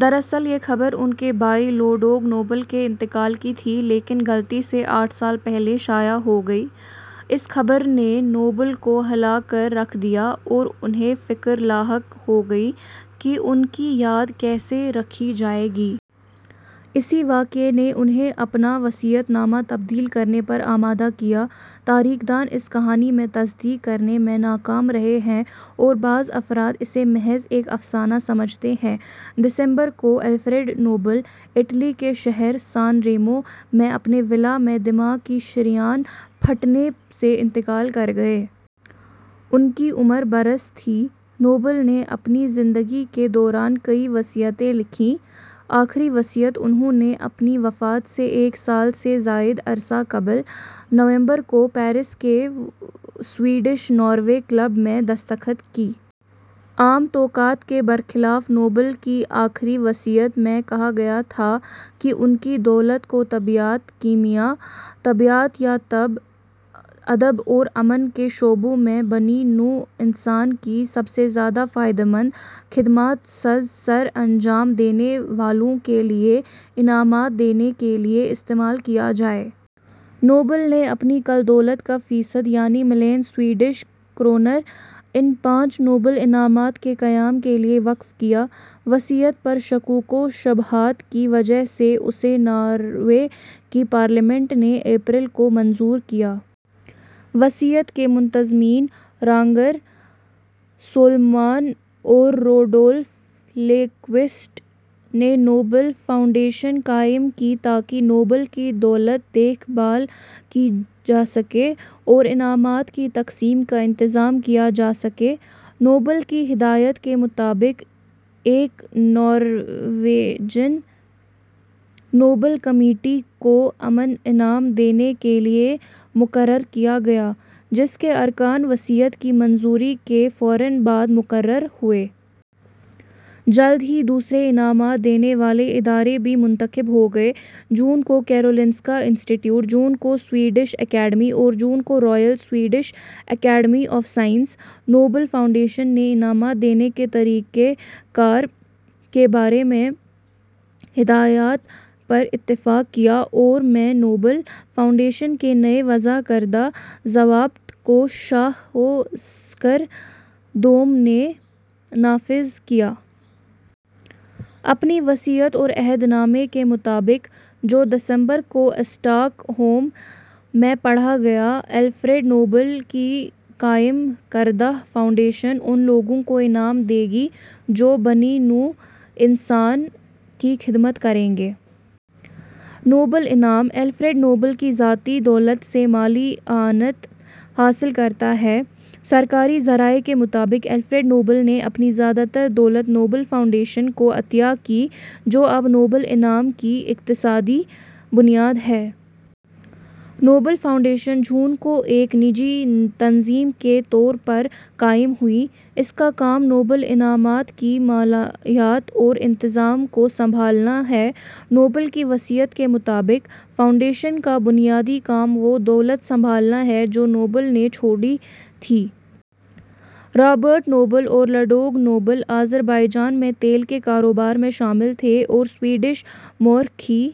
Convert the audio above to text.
دراصل یہ خبر ان کے بھائی لوڈوگ نوبل کے انتقال کی تھی، لیکن غلطی سے آٹھ سال پہلے شائع ہو گئی۔ اس خبر نے نوبل کو ہلا کر رکھ دیا اور انھیں فکر لاحق ہو گئی کہ ان کی یاد کیسے رکھی جائے گی۔ اسی واقعے نے انھیں اپنا وصیت نامہ تبدیل کرنے پر آمادہ کیا۔ تاریخ دان اس کہانی کی تصدیق کرنے میں ناکام رہے ہیں اور بعض افراد اسے محض ایک افسانہ سمجھتے ہیں۔ دسمبر کو، الفریڈ نوبل اٹلی کے شہر سان ریمو میں اپنے ولا میں دماغ کی شریان پھٹنے سے انتقال کر گئے۔ ان کی عمر برس تھی۔ نوبل نے اپنی زندگی کے دوران کئی وصیتیں لکھیں۔ آخری وصیت انھوں نے اپنی وفات سے ایک سال سے زائد عرصہ قبل، نومبر کو پیرس کے سوئیڈش-ناروے کلب میں دستخط کی۔ عام توقعات کے برخلاف، نوبل کی آخری وصیت میں کہا گیا تھا کہ ان کی دولت کو طبیعیات ، کیمیا ، طبیعیات یا طب ، ادب اور امن کے شعبوں میں بنی نوع انسان کی "سب سے زیادہ فائدہ مند" خدمات سر انجام دینے والوں کے لیے انعامات دینے کے لیے استعمال کیا جائے۔ نوبل نے اپنی کل دولت کا فیصد، یعنی ملین سویڈش کرونر ، ان پانچ نوبل انعامات کے قیام کے لیے وقف کیا۔ وصیت پر شکوک و شبہات کی وجہ سے اسے ناروے کی پارلیمنٹ نے اپریل کو منظور کیا۔ وصیت کے منتظمین، راگنر سولمان اور روڈولف للیکوسٹ، نے نوبل فاونڈیشن قائم کی تاکہ نوبل کی دولت کی دیکھ بھال کی جا سکے اور انعامات کی تقسیم کا انتظام کیا جا سکے۔ نوبل کی ہدایت کے مطابق، ایک نارویجن نوبل کمیٹی کو امن انعام دینے کے لیے مقرر کیا گیا، جس کے ارکان وصیت کی منظوری کے فوراً بعد مقرر ہوئے۔ جلد ہی دوسرے انعامات دینے والے ادارے بھی منتخب ہو گئے۔ جون کو کیرولنسکا انسٹیٹیوٹ ، جون کو سوئیڈش اکیڈمی اور جون کو Royal Swedish Academy of Sciences. Nobel Foundation نے انعامات دینے کے طریقہ کار کے بارے میں ہدایات پر اتفاق کیا اور میں، نوبل فاؤنڈیشن کے نئے وضع کردہ ضوابط کو شاہ اوسکر دوم نے نافذ کیا۔ اپنی وصیت اور عہد نامے کے مطابق، جو دسمبر کو اسٹاک ہوم میں پڑھا گیا، الفریڈ نوبل کی قائم کردہ فاؤنڈیشن اُن لوگوں کو انعام دے گی جو بنی نوع انسان کی خدمت کریں گے۔ نوبل انعام، الفریڈ نوبل کی ذاتی دولت سے مالی اعانت حاصل کرتا ہے۔ سرکاری ذرائع کے مطابق، الفریڈ نوبل نے اپنی زیادہ تر دولت نوبل فاؤنڈیشن کو عطیہ کی، جو اب نوبل انعام کی اقتصادی بنیاد ہے۔ ۔ نوبل فاونڈیشن جون کو ایک نجی تنظیم کے طور پر قائم ہوئی۔ اس کا کام نوبل انعامات کی مالیات اور انتظام کو سنبھالنا ہے۔ نوبل کی وصیت کے مطابق، فاؤنڈیشن کا بنیادی کام وہ دولت سنبھالنا ہے جو نوبل نے چھوڑی تھی۔ رابرٹ نوبل اور لڈوگ نوبل آذربائیجان میں تیل کے کاروبار میں شامل تھے اور سویڈش مؤرخ ای.